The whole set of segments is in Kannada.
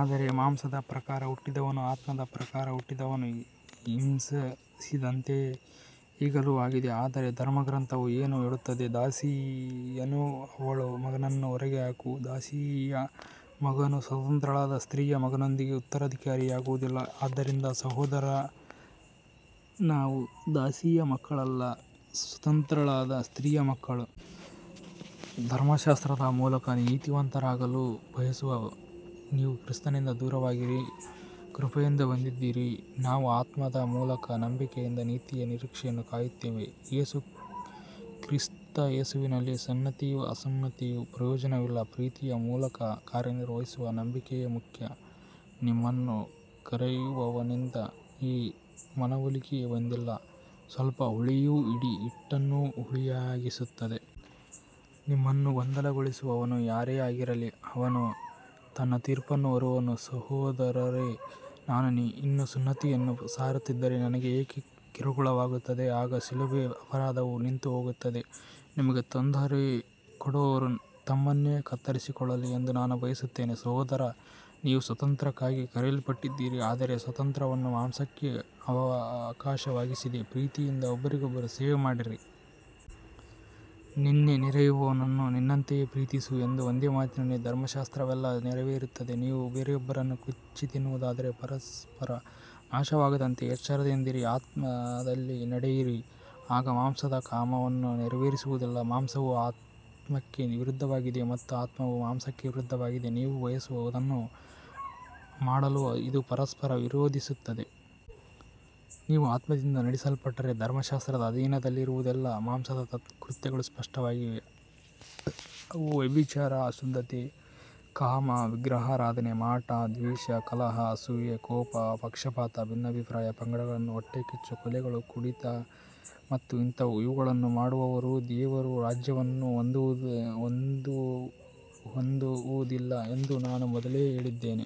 ಆದರೆ ಮಾಂಸದ ಪ್ರಕಾರ ಹುಟ್ಟಿದವನು ಆತ್ಮದ ಪ್ರಕಾರ ಹುಟ್ಟಿದವನನ್ನು ಹಿಂಸಿಸಿದಂತೆಯೇ ಈಗಲೂ ಆಗಿದೆ. ಆದರೆ ಧರ್ಮಗ್ರಂಥವು ಏನು ಹೇಳುತ್ತದೆ. ದಾಸಿಯನ್ನೂ ಅವಳ ಮಗನನ್ನೂ ಹೊರಗೆ ಹಾಕು, ದಾಸಿಯ ಮಗನು ಸ್ವತಂತ್ರಳಾದ ಸ್ತ್ರೀಯ ಮಗನೊಂದಿಗೆ ಉತ್ತರಾಧಿಕಾರಿಯಾಗುವುದಿಲ್ಲ. ಆದ್ದರಿಂದ ಸಹೋದರರೇ, ನಾವು ದಾಸಿಯ ಮಕ್ಕಳಲ್ಲ, ಸ್ವತಂತ್ರಳಾದ ಸ್ತ್ರೀಯ ಮಕ್ಕಳು. ಧರ್ಮಶಾಸ್ತ್ರದ ಮೂಲಕ ನೀತಿವಂತರಾಗಲು ಬಯಸುವ ನೀವು ಕ್ರಿಸ್ತನಿಂದ ದೂರವಾಗಿದ್ದೀರಿ, ಕೃಪೆಯಿಂದ ಬಿದ್ದಿದ್ದೀರಿ. ನಾವು ಆತ್ಮದ ಮೂಲಕ ನಂಬಿಕೆಯಿಂದ ನೀತಿಯ ನಿರೀಕ್ಷೆಯನ್ನು ಕಾಯುತ್ತೇವೆ. ಕ್ರಿಸ್ತ ಯೇಸುವಿನಲ್ಲಿ ಸುನ್ನತಿಯೂ ಅಸುನ್ನತಿಯೂ ಪ್ರಯೋಜನವಿಲ್ಲ, ಪ್ರೀತಿಯ ಮೂಲಕ ಕಾರ್ಯನಿರ್ವಹಿಸುವ ನಂಬಿಕೆಯೇ ಮುಖ್ಯ. ನಿಮ್ಮನ್ನು ಕರೆಯುವವನಿಂದ ಈ ಮನವೊಲಿಕೆ ಬಂದಿಲ್ಲ. ಸ್ವಲ್ಪ ಹುಳಿಯು ಇಡೀ ಹಿಟ್ಟನ್ನು ಹುಳಿಯಾಗಿಸುತ್ತದೆ. ನಿಮ್ಮನ್ನು ಗೊಂದಲಗೊಳಿಸುವವನು ಯಾರೇ ಆಗಿರಲಿ, ಅವನು ತನ್ನ ತೀರ್ಪನ್ನು ಹೊರುವನು. ಸಹೋದರರೇ, ನಾನು ಇನ್ನೂ ಸುನ್ನತಿಯನ್ನು ಸಾರುತ್ತಿದ್ದರೆ ನನಗೆ ಏಕೆ ಕಿರುಕುಳವಾಗುತ್ತದೆ. ಆಗ ಶಿಲುಬೆಯ ಅಪರಾಧವು ನಿಂತುಹೋಗುತ್ತದೆ. ನಿಮಗೆ ತೊಂದರೆ ಕೊಡುವವರು ತಮ್ಮನ್ನೇ ಕತ್ತರಿಸಿಕೊಳ್ಳಲಿ ಎಂದು ನಾನು ಬಯಸುತ್ತೇನೆ. ಸಹೋದರರೇ, ನೀವು ಸ್ವಾತಂತ್ರ್ಯಕ್ಕಾಗಿ ಕರೆಯಲ್ಪಟ್ಟಿದ್ದೀರಿ. ಆದರೆ ಆ ಸ್ವಾತಂತ್ರ್ಯವನ್ನು ಮಾಂಸಕ್ಕೆ ಅವಕಾಶವಾಗಿಸದೆ ಪ್ರೀತಿಯಿಂದ ಒಬ್ಬರಿಗೊಬ್ಬರು ಸೇವೆ ಮಾಡಿರಿ. ನಿನ್ನ ನೆರೆಯವನನ್ನು ನಿನ್ನಂತೆಯೇ ಪ್ರೀತಿಸು ಎಂಬ ಒಂದೇ ಮಾತಿನಲ್ಲಿ ಧರ್ಮಶಾಸ್ತ್ರವೆಲ್ಲಾ ನೆರವೇರುತ್ತದೆ. ನೀವು ಒಬ್ಬರನ್ನೊಬ್ಬರು ಕಚ್ಚಿ ತಿನ್ನುತ್ತಿದ್ದರೆ ಪರಸ್ಪರ ನಾಶವಾಗದಂತೆ ಎಚ್ಚರಿಕೆಯಿಂದಿರಿ. ಆತ್ಮದಲ್ಲಿ ನಡೆಯಿರಿ, ಆಗ ಮಾಂಸದ ಕಾಮವನ್ನು ನೆರವೇರಿಸುವುದಿಲ್ಲ. ಮಾಂಸವು ಆತ್ಮಕ್ಕೆ ವಿರುದ್ಧವಾಗಿದೆ ಮತ್ತು ಆತ್ಮವು ಮಾಂಸಕ್ಕೆ ವಿರುದ್ಧವಾಗಿದೆ. ನೀವು ಬಯಸುವುದನ್ನು ಮಾಡಲು ಇವು ಪರಸ್ಪರ ವಿರೋಧಿಸುತ್ತವೆ. ನೀವು ಆತ್ಮದಿಂದ ನಡೆಸಲ್ಪಟ್ಟರೆ ಧರ್ಮಶಾಸ್ತ್ರದ ಅಧೀನದಲ್ಲಿರುವುದಿಲ್ಲ. ಮಾಂಸದ ಕೃತ್ಯಗಳು ಸ್ಪಷ್ಟವಾಗಿವೆ, ಅವು ವ್ಯಭಿಚಾರ, ಅಶುದ್ಧತೆ, ಕಾಮ, ವಿಗ್ರಹಾರಾಧನೆ, ಮಾಟ, ದ್ವೇಷ, ಕಲಹ, ಅಸೂಯೆ, ಕೋಪ, ಪಕ್ಷಪಾತ, ಭಿನ್ನಾಭಿಪ್ರಾಯ, ಪಂಗಡಗಳು, ಹೊಟ್ಟೆಕಿಚ್ಚು, ಕೊಲೆಗಳು, ಕುಡಿತ ಮತ್ತು ಇಂಥವು. ಇವುಗಳನ್ನು ಮಾಡುವವರು ದೇವರ ರಾಜ್ಯವನ್ನು ಹೊಂದುವುದಿಲ್ಲ ಎಂದು ನಾನು ಮೊದಲೇ ಹೇಳಿದ್ದೇನೆ.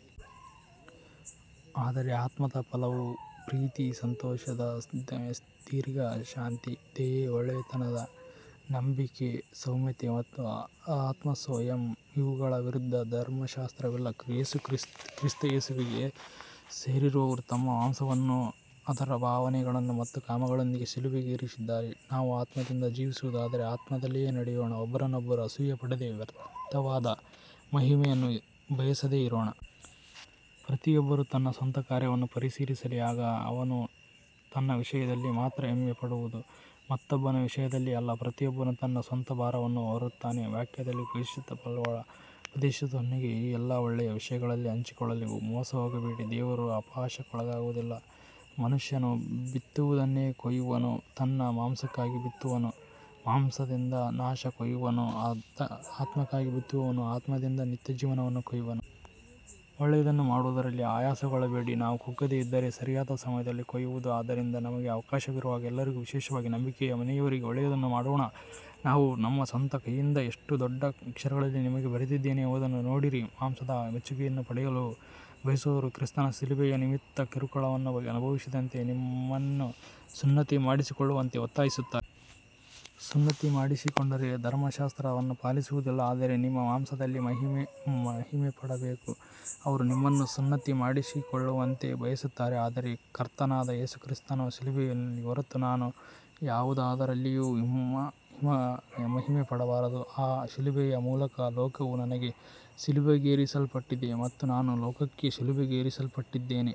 ಆದರೆ ಆತ್ಮದ ಫಲವು ಪ್ರೀತಿ, ಸಂತೋಷ, ಸಮಾಧಾನ, ದೀರ್ಘಶಾಂತಿ, ದಯೆ, ಒಳ್ಳೆಯತನ, ನಂಬಿಕೆ, ಸೌಮ್ಯತೆ ಮತ್ತು ಆತ್ಮಸಂಯಮ. ಇವುಗಳ ವಿರುದ್ಧ ಧರ್ಮಶಾಸ್ತ್ರವಿಲ್ಲ. ಕ್ರಿಸ್ತ ಯೇಸುವಿಗೆ ಸೇರಿದವರು ತಮ್ಮ ಮಾಂಸವನ್ನು ಅದರ ಭಾವನೆಗಳು ಮತ್ತು ಕಾಮಗಳೊಂದಿಗೆ ಶಿಲುಬೆಗೇರಿಸಿದ್ದಾರೆ. ನಾವು ಆತ್ಮದಿಂದ ಜೀವಿಸುವವರಾದರೆ ಆತ್ಮದಲ್ಲೇ ನಡೆಯೋಣ. ಒಬ್ಬರನ್ನೊಬ್ಬರು ಅಸೂಯೆಪಡದೆ ವ್ಯರ್ಥವಾದ ಮಹಿಮೆಯನ್ನು ಬಯಸದೆ ಇರೋಣ. ಪ್ರತಿಯೊಬ್ಬನು ತನ್ನ ಸ್ವಂತ ಕಾರ್ಯವನ್ನು ಪರಿಶೀಲಿಸಲಿ. ಆಗ ಅವನು ತನ್ನ ವಿಷಯದಲ್ಲಿ ಮಾತ್ರ ಹೆಮ್ಮೆಪಡಬಹುದು, ಮತ್ತೊಬ್ಬನ ವಿಷಯದಲ್ಲಿ ಅಲ್ಲ. ಪ್ರತಿಯೊಬ್ಬನು ತನ್ನ ಸ್ವಂತ ಭಾರವನ್ನು ಹೊರುತ್ತಾನೆ. ವಾಕ್ಯದಲ್ಲಿ ಉಪದೇಶಿಸಲ್ಪಡುವವನು ಉಪದೇಶಿಸುವವನೊಂದಿಗೆ ಎಲ್ಲಾ ಒಳ್ಳೆಯ ವಿಷಯಗಳಲ್ಲಿ ಹಂಚಿಕೊಳ್ಳಲಿ. ಮೋಸಹೋಗಬೇಡಿ, ದೇವರು ಅಪಹಾಸ್ಯಕ್ಕೊಳಗಾಗುವುದಿಲ್ಲ. ಮನುಷ್ಯನು ಬಿತ್ತುವುದನ್ನೇ ಕೊಯ್ಯುವನು. ತನ್ನ ಮಾಂಸಕ್ಕಾಗಿ ಬಿತ್ತುವವನು ಮಾಂಸದಿಂದ ನಾಶವನ್ನು ಕೊಯ್ಯುವನು, ಆತ್ಮಕ್ಕಾಗಿ ಬಿತ್ತುವವನು ಆತ್ಮದಿಂದ ನಿತ್ಯಜೀವವನ್ನು ಕೊಯ್ಯುವನು. ಒಳ್ಳೆಯದನ್ನು ಮಾಡುವುದರಲ್ಲಿ ಆಯಾಸಗೊಳ್ಳಬೇಡಿ. ನಾವು ಕುಗ್ಗದೆ ಇದ್ದರೆ ಸರಿಯಾದ ಸಮಯದಲ್ಲಿ ಕೊಯ್ಯುವೆವು. ಆದ್ದರಿಂದ ನಮಗೆ ಅವಕಾಶವಿರುವಾಗ ಎಲ್ಲರಿಗೂ, ವಿಶೇಷವಾಗಿ ನಂಬಿಕೆಯ ಮನೆಯವರಿಗೆ, ಒಳ್ಳೆಯದನ್ನು ಮಾಡೋಣ. ನಾನು ನನ್ನ ಸ್ವಂತ ಕೈಯಿಂದ ಎಷ್ಟು ದೊಡ್ಡ ಅಕ್ಷರಗಳಲ್ಲಿ ನಿಮಗೆ ಬರೆದಿದ್ದೇನೆ ಎಂಬುದನ್ನು ನೋಡಿರಿ. ಮಾಂಸದಲ್ಲಿ ಮೆಚ್ಚುಗೆಯನ್ನು ಪಡೆಯಲು ಬಯಸುವವರು ಕ್ರಿಸ್ತನ ಶಿಲುಬೆಯ ನಿಮಿತ್ತ ಕಿರುಕುಳವನ್ನು ಅನುಭವಿಸದಂತೆ ನಿಮ್ಮನ್ನು ಸುನ್ನತಿ ಮಾಡಿಸಿಕೊಳ್ಳುವಂತೆ ಒತ್ತಾಯಿಸುತ್ತಾರೆ. ಸುನ್ನತಿ ಮಾಡಿಸಿಕೊಂಡವರೇ ಧರ್ಮಶಾಸ್ತ್ರವನ್ನು ಪಾಲಿಸುವುದಿಲ್ಲ, ಆದರೆ ನಿಮ್ಮ ಮಾಂಸದಲ್ಲಿ ಮಹಿಮೆಪಡಬೇಕೆಂದು ಅವರು ನಿಮ್ಮನ್ನು ಸುನ್ನತಿ ಮಾಡಿಸಿಕೊಳ್ಳುವಂತೆ ಬಯಸುತ್ತಾರೆ. ಆದರೆ ನಮ್ಮ ಕರ್ತನಾದ ಯೇಸು ಕ್ರಿಸ್ತನ ಶಿಲುಬೆಯಲ್ಲಿ ಹೊರತು ನಾನು ಯಾವುದರಲ್ಲಿಯೂ ಮಹಿಮೆಪಡಬಾರದು. ಆ ಶಿಲುಬೆಯ ಮೂಲಕ ಲೋಕವು ನನಗೆ ಶಿಲುಬೆಗೇರಿಸಲ್ಪಟ್ಟಿದೆ ಮತ್ತು ನಾನು ಲೋಕಕ್ಕೆ ಶಿಲುಬೆಗೇರಿಸಲ್ಪಟ್ಟಿದ್ದೇನೆ.